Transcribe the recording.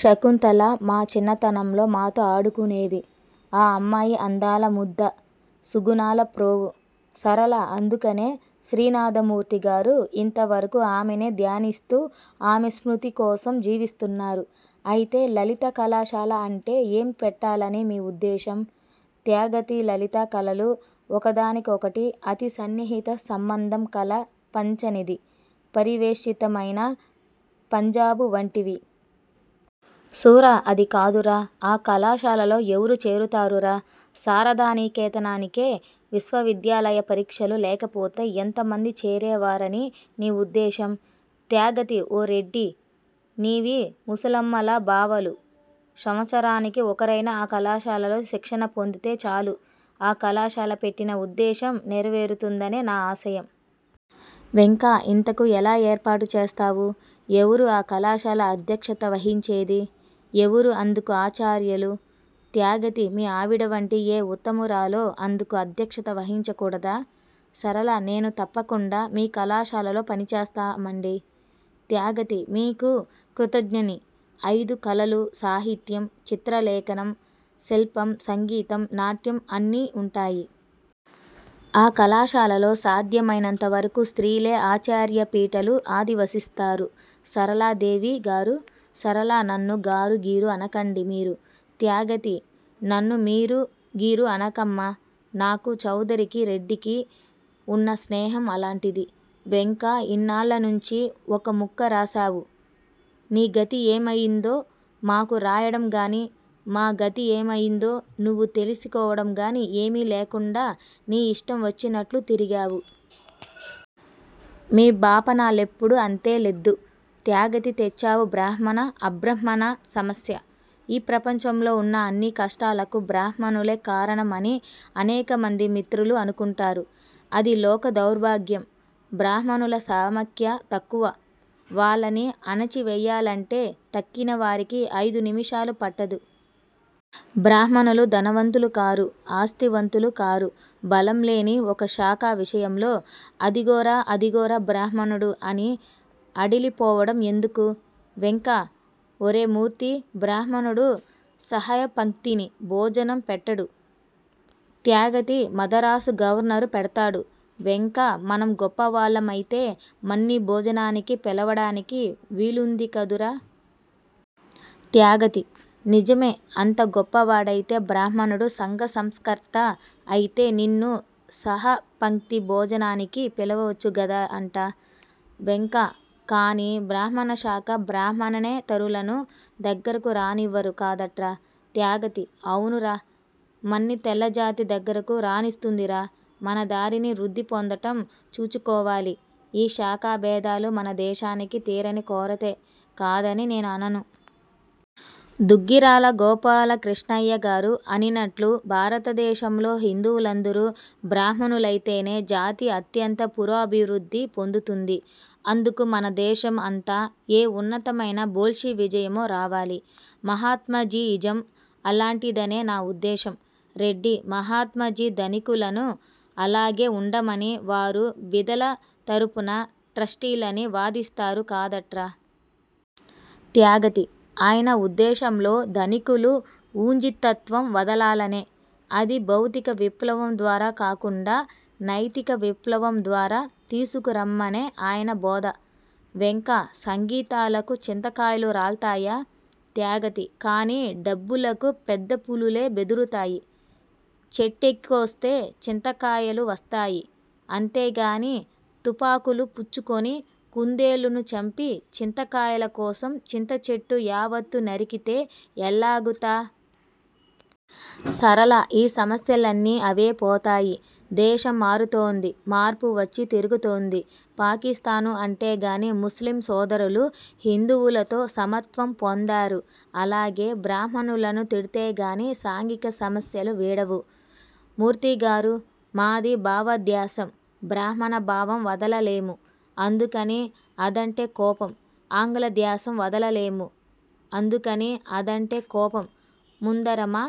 శకుంతల మా చిన్నతనంలో మాతో ఆడుకొనేది. ఆ అమ్మాయి అందాలముద్ద. సుగుణాల ప్రోవు. సరళ అందుకనే శ్రీనాథమూర్తిగారు ఇంతవరకు ఆమెనే ధ్యానిస్తూ, ఆమె స్మృతికోసం జీవిస్తున్నారు. అయితే లలిత కళాశాల అంటే ఏం పెట్టాలని మీ ఉద్దేశం? త్యాగతి లలిత కళలు ఒకదానికొకటి అతి సన్నిహిత సంబంధం కల పంచనిదీ పరివేష్టితమైన పంజాబు వంటివి. సూర అది కాదురా. ఆ కళాశాలలో ఎవరు చేరుతారురా! శారదానికేతనానికే, విశ్వవిద్యాలయ పరీక్షలు లేకపోతే ఎంతమంది చేరే వారని నీ ఉద్దేశం? త్యాగతి ఒరే రెడ్డీ, నీవి ముసలమ్మల భావాలు. సంవత్సరానికి ఒకరైనా ఆ కళాశాలలో శిక్షణ పొందితే చాలు, ఆ కళాశాల పెట్టిన ఉద్దేశం నెరవేరుతుందనే నా ఆశయం. వెంక ఇంతకూ ఏలా ఏర్పాటు చేస్తావు? ఎవరు ఆ కళాశాల అధ్యక్షత వహించేది? ఎవరు అందుకు ఆచార్యులు? త్యాగతి మీ ఆవిడవంటి ఏ ఉత్తమురాలో అందుకు అధ్యక్షత వహించకూడదా? సరళ నేను తప్పకుండా మీ కళాశాలలో పనిచేస్తా సుమండీ. త్యాగతి మీకు కృతజ్ఞున్ని. అయిదు కళలు సాహిత్యం, చిత్ర లేఖనం, శిల్పం, సంగీతం, నాట్యం అన్నీ వుంటాయి. ఆ కళాశాలలో సాధ్యమయినంతవరకు స్త్రీలే ఆచార్య పీఠాలు అధివసిస్తారు సరళాదేవి గారూ సరళ నన్ను గారూ గీరూ అనకండి మీరు. త్యాగతి నన్ను మీరూ గీరూ అనకమ్మా! నాకూ, చౌదరికి, రెడ్డికి వున్న స్నేహం అలాంటిది. వెంక ఇన్నాళ్ళనుంచీ ఒక ముక్క రాశావూ! నీగతి ఏమయిందో మాకు రాయడంగాని, మా గతి ఏమయిందో నువ్వు తెలిసికోడంగాని ఏమీ లేకుండా నీ ఇష్టం వచ్చినట్లు తిరిగావు. మీ బాపనాళ్ళెప్పుడూ అంతే లెద్దూ. త్యాగతి తెచ్చావు బ్రాహ్మణ అభ్రాహ్మణ సమస్య! ఈ ప్రపంచంలో ఉన్న అన్ని కష్టాలకూ బ్రాహ్మణులే కారణం అని అనేకమంది మిత్రులు అనుకుంటారు. అధి లోక దౌర్భాగ్యం. బ్రాహ్మణుల సమాఖ్య తక్కువ. వాళ్ళని అణచి వెయ్యాలంటే తక్కినవారికి అయిదు నిమిషాలు పట్టదు. బ్రాహ్మణులు ధనవంతులూ కారు, ఆస్తివంతులూ కారు. బలంలేని ఒక శాఖ విషయంలో అదిగోరా! అధిగోరా! బ్రాహ్మణుడు అని అడలిపోవడం ఎందుకు? వెంక: ఒరే మూర్తీ, బ్రాహ్మణుడు సహపంక్తిని భోజనం పెట్టడు. త్యాగతి మదరాసు గవర్నరు పెడ్తాడూ! వెంక మనం గొప్పవాళ్ళం అయితే, మన్ని భోజనానికి పిలవడానికి వీలుందిగాదురా? త్యాగతి: నిజమే, అంత గొప్పవాడవైతే, బ్రాహ్మణుడు సంఘ సంస్కర్త అయితే నిన్ను సహపంక్తి భోజనానికి పిలవవచ్చుగాదా అంట! వెంక కాని బ్రాహ్మణశాఖ బ్రాహ్మణేతరులను దగ్గరకు రానివ్వరు కాదట్రా. త్యాగతి: అవునురా, మన్ని తెల్లజాతి దగ్గరకు రానిస్తూందిరా? మన దారిని వృద్దిపొందడం చూచుకోవాలి ఈ శాఖాభేదాలు మన దేశానికి తీరని కొరతే, కాదని నేను అనను. దుగ్గిరాల గోపాలకృష్ణయ్యగారు అనినట్లు భారత దేశంలో హిందువులందరూ బ్రాహ్మణులైతేనే జాతి అత్యంత పురోభివృద్ది పొందుతుంది. అందుకు మనదేశం అంతా ఏ ఉన్నతమైన బోల్షివిజమో రావాలి! మహాత్మాజీఇజం అల్లాంటిదనే నా ఉద్దేశం. రెడ్డి: మహాత్మాజీ ధనికులను అల్లాగే ఉండమని, వారు బీదల తరపున ట్రస్టీలని వాదిస్తారు కాదట్రా? త్యాగతి: ఆయన ఉద్దేశంలో ధనికులు వూంజీతత్వం వదలాలనే. అది భౌతికవిప్లవం ద్వారా కాకుండా నైతిక విప్లవం ద్వారా తీసుకురమ్మనే ఆయన బోధ! వెంక: సంగీతాలకు చింతకాయలు రాల్తాయా? త్యాగతి: కాని డప్పులకు పెద్దపులులే బెదురుతాయి. చెట్టెక్కికోస్తే చింతకాయలూ వస్తాయి. అంతేకాని తుపాకులు పుచ్చుకొని కుందేళ్ళను చంపి, చింతకాయలకోసం చింతచెట్టు యావత్తూ నరికితే ఎల్లాగుతా? సరళ: ఈ సమస్యలన్నీ అవేపోతాయి. దేశం మారుతోంది. మార్పు వచ్చి తిరుగుతోంది. పాకిస్తాను అంటేగాని, ముస్లిం సోదరులు హిందువులతో సమత్వం పొందారు. అలాగే బ్రాహ్మణులను తిడ్తేనేగాని సాంఘిక సమస్యలు విడవవు. మూర్తిగారూ, మాది భావదాస్యం. బ్రాహ్మణ బావం వదలలేము. అందుకని అదంటే కోపం. ఆంగ్లదాస్యం వదలలేము: అందుకని అదంటే కోపం. ముందరమా